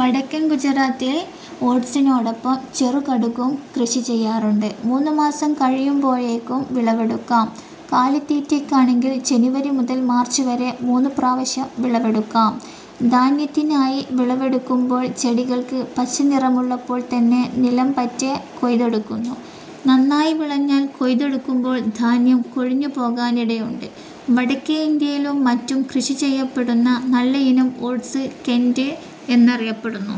വടക്കൻ ഗുജറാതെ ഓട്സിനോടൊപ്പം ചെറുകടുകും കൃഷി ചെയ്യാറുണ്ട്. മൂന്നുമാസം കഴിയുമ്പോയേക്കും വിളവെടുക്കാം. കാലിത്തീറ്റയ്ക്കാണെങ്കിൽ ജനുവരി മുതൽ മാർച്ച് വരെ മൂന്നുപ്രാവശ്യം വിളവെടുക്കാം. ധാന്യത്തിനായി വിളവെടുക്കുമ്പോൾ ചെടികൾക്ക് പച്ചനിറമുള്ളപ്പോൾത്തന്നെ നിലംപറ്റെ കൊയ്തെടുക്കുന്നു. നന്നായി വിളഞ്ഞാൽ കൊയ്തെടുക്കുമ്പോൾ ധാന്യം കൊഴിഞ്ഞുപോകാനിടയുണ്ട്. വടക്കെ ഇന്ത്യയിലും മറ്റും കൃഷിചെയ്യപ്പെടുന്ന നല്ലയിനം ഓട്സ് 'കെന്റ്' എന്നറിയപ്പെടുന്നു.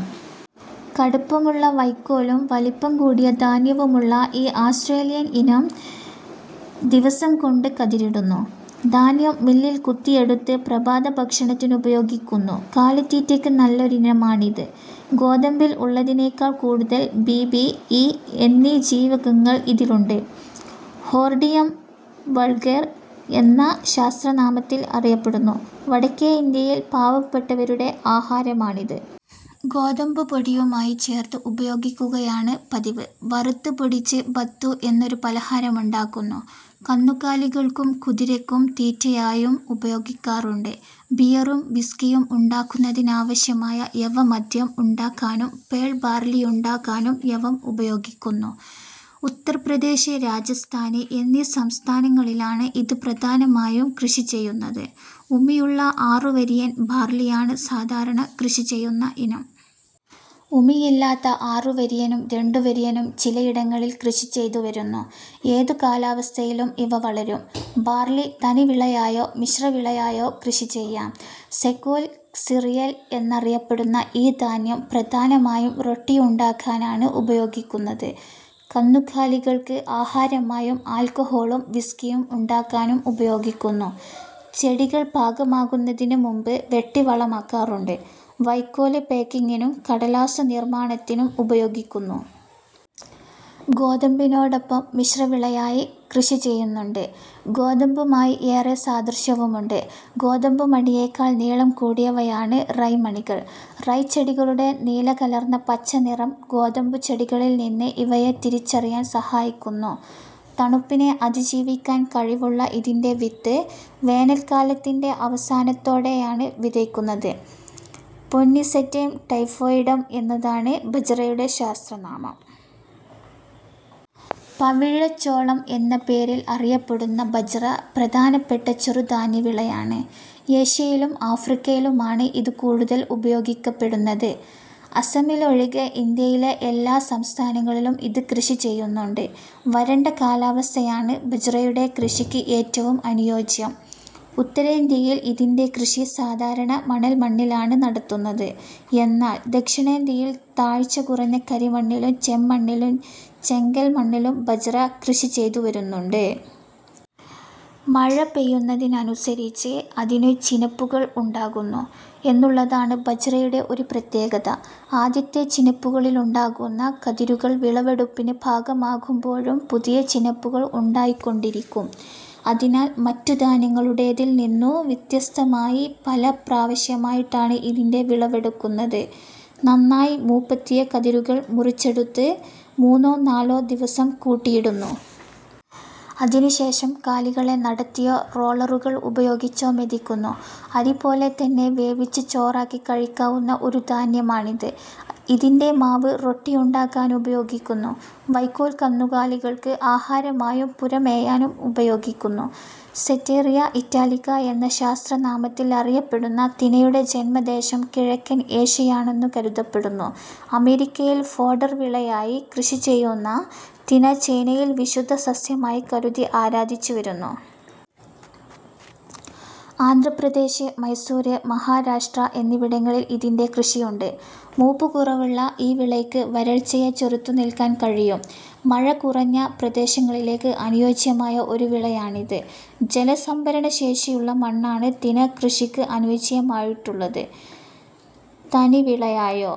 കടുപ്പമുള്ള വയ്ക്കോലും വലിപ്പം കൂടിയ ധാന്യവുമുള്ള ഈ ആസ്റ്റ്രേലിയൻ ഇനം ദിവസംകൊണ്ട് കതിരിടുന്നു. ധാന്യം മില്ലിൽ കുത്തിയെടുത്ത് പ്രഭാതഭക്ഷണത്തിനുപയോഗിക്കുന്നു. കാലിത്തീറ്റയ്ക്ക് നല്ലൊരിനമാണിത്. ഗോതമ്പിൽ ഉള്ളതിനെക്കാൾ കൂടുതൽ ബി, ബി, ഇ എന്നീ ജീവകങ്ങൾ ഇതിലുണ്ട്. ഹോർഡിയം വൾഗേർ എന്ന ശാസ്ത്രനാമത്തിൽ അറിയപ്പെടുന്നു. വടക്കേ ഇന്ത്യയിൽ പാവപ്പട്ടവരുടെ ആഹാരമാണിത്. ഗോതമ്പുപൊടിയുമായി ചേർത്ത് ഉപയോഗിക്കുകയാണ് പതിവ്. വറുത്ത് പൊടിച്ച് 'ബത്തു' എന്നൊരു പലഹാരമുണ്ടാക്കുന്നു. കന്നുകാലികൾക്കും കുതിരയ്ക്കും തീറ്റയായും ഉപയോഗിക്കാറുണ്ട്. ബിയറും വിസ്കിയും ഉണ്ടാക്കുന്നതിനാവശ്യമായ യവ മദ്യം ഉണ്ടാക്കാനും പേൾ ബാർലിയുണ്ടാക്കാനും യവം ഉപയോഗിക്കുന്നു. ഉത്തർപ്രദേശ്, രാജസ്ഥാൻ എന്നീ സംസ്ഥാനങ്ങളിലാണ് ഇത് പ്രധാനമായും കൃഷിചെയ്യുന്നത്. ഉമിയുള്ള ആറുവരിയൻ ബാർലിയാണ് സാധാരണ കൃഷിചെയ്യുന്ന ഇനം. ഉമിയില്ലാത്ത ആറുവരിയനും രണ്ടുവരിയനും ചിലയിടങ്ങളിൽ കൃഷിചെയ്തുവരുന്നു. ഏതു കാലാവസ്ഥയിലും ഇവ വളരും. ബാർലി തനിവിളയായോ മിശ്രവിളയായോ കൃഷിചെയ്യാം. സെക്കേൽ സിറിയൽ എന്നറിയപ്പെടുന്ന ഈ ധാന്യം പ്രധാനമായും റൊട്ടിയുണ്ടാക്കാനാണ് ഉപയോഗിക്കുന്നത്. കന്നുകാലികൾക്ക് ആഹാരമായും ആൽക്കഹോളും വിസ്കിയും ഉണ്ടാക്കാനും ഉപയോഗിക്കുന്നു. ചെടികൾ പാകമാകുന്നതിനുമുമ്പ് വെട്ടി വളമാക്കാറുണ്ട്. വയ്ക്കോൽ പായ്ക്കിങ്ങിനും കടലാസ്സു നിർമ്മാണത്തിനും ഉപയോഗിക്കുന്നു. ഗോതമ്പിനോടൊപ്പം മിശ്രവിളയായി കൃഷിചെയ്യുന്നുണ്ട്. ഗോതമ്പുമായി ഏറെ സാദൃശ്യവുമുണ്ട്. ഗോതമ്പുമണിയെക്കാൾ നീളം കൂടിയവയാണ് റൈ മണികൾ. റൈ ചെടികളുടെ നീല കലർന്ന പച്ച നിറം ഗോതമ്പുചെടികളിൽനിന്ന് ഇവയെ തിരിച്ചറിയാൻ സഹായിക്കുന്നു. തണുപ്പിനെ അതിജീവിക്കാൻ കഴിവുള്ള ഇതിന്റെ വിത്ത് വേനൽക്കാലാത്തിന്റെ അവസാനത്തേടെയാണ് വിതയ്ക്കുന്നത്. പെന്നിസെറ്റെം ടൈഫോയിഡം എന്നതാണ് ബജ്റയുടെ ശാസ്ത്രനാമം. പവിഴച്ചോളം എന്ന പേരിൽ അറിയപ്പെടുന്ന ബജ്റ പ്രധാനപ്പെട്ട ചെറു ധാന്യവിളയാണ്. ഏഷ്യയിലും ആഫ്രിക്കയിലുമാണ് ഇത് കൂടുതൽ ഉപയോഗിക്കപ്പെടുന്നത്. അസമിലൊഴികെ ഇന്ത്യയിലെ എല്ലാ സംസ്ഥാനങ്ങളിലും ഇത് കൃഷിചെയ്യുന്നുണ്ട്. വരണ്ട കാലാവസ്ഥയാണ് ബജ്റയുടെ കൃഷിക്ക് ഏറ്റവും അനുയോജ്യം. ഉത്തരേന്ത്യയിൽ ഇതിന്റെ കൃഷി സാധാരണ മണൽമണ്ണിലാണ് നടത്തുന്നത്. എന്നാൽ ദക്ഷിണേന്ത്യയിൽ താഴ്ച കുറഞ്ഞ കരിമണ്ണിലും ചെമ്മണ്ണിലും ചെങ്കൽമണ്ണിലും ബജ്റ കൃഷിചെയ്തുവരുന്നുണ്ട്. മഴ പെയ്യുന്നതിനനുസരിച്ച് അതിന് ചിനപ്പുകൾ ഉണ്ടാകുന്നു എന്നുള്ളതാണ് ബജ്റയുടെ ഒരു പ്രത്യേകത. ആദ്യത്തെ ചിനപ്പുകളിലുണ്ടാകുന്ന കതിരുകൾ വിളവെടുപ്പിന് പാകമാകുമ്പോഴും പുതിയ ചിനപ്പുകൾ ഉണ്ടായിക്കൊണ്ടിരിക്കും. അതിനാൽ മറ്റു ധാന്യങ്ങളുടേതിൽനിന്നു വ്യത്യസ്തമായി പല പ്രാവശ്യമായിട്ടാണ് ഇതിന്റെ വിളവെടുക്കുന്നത്. നന്നായി മൂപ്പെത്തിയ കതിരുകൾ മുറിച്ചെടുത്ത് മൂന്നോ നാലോ ദിവസം കൂട്ടിയിടുന്നു. അതിനുശേഷം കാലികളെ നടത്തിയോ റോളറുകൾ ഉപയോഗിച്ചോ മെതിക്കുന്നു. അരിപോലെതന്നെ വേവിച്ച് ചോറാക്കി കഴിക്കാവുന്ന ഒരു ധാന്യമാണിത്. ഇതിന്റെ മാവ് റൊട്ടിയുണ്ടാക്കാനുപയോഗിക്കുന്നു. വയ്ക്കോൽ കന്നുകാലികൾക്ക് ആഹാരമായും പുര മേയാനും ഉപയോഗിക്കുന്നു. സെറ്റേറിയ ഇറ്റാലിക്ക എന്ന ശാസ്ത്രനാമത്തിൽ അറിയപ്പെടുന്ന തിനയുടെ ജന്മദേശം കിഴക്കൻ ഏഷ്യയാണെന്നു കരുതപ്പെടുന്നു. അമേരിക്കയിൽ ഫോഡർ വിളയായി കൃഷി ചെയ്യുന്ന തിന ചൈനയിൽ വിശുദ്ധ സസ്യമായി കരുതി ആരാധിച്ചുവരുന്നു. ആന്ധ്രപ്രദേശ്, മൈസൂർ, മഹാരാഷ്ട്ര എന്നിവിടങ്ങളിൽ ഇതിന്റെ കൃഷിയുണ്ട്. മൂപ്പുകുറവുള്ള ഈ വിളയ്ക്ക് വരൾച്ചയെ ചെറുത്തുനിൽക്കാൻ കഴിയും. മഴ കുറഞ്ഞ പ്രദേശങ്ങളിലേക്ക് അനുയോജ്യമായ ഒരു വിളയാണിത്. ജലസംഭരണശേഷിയുള്ള മണ്ണാണ് തിനക്കൃഷിക്ക് അനുയോജ്യമായിട്ടുള്ളത്. തനിവിളയായോ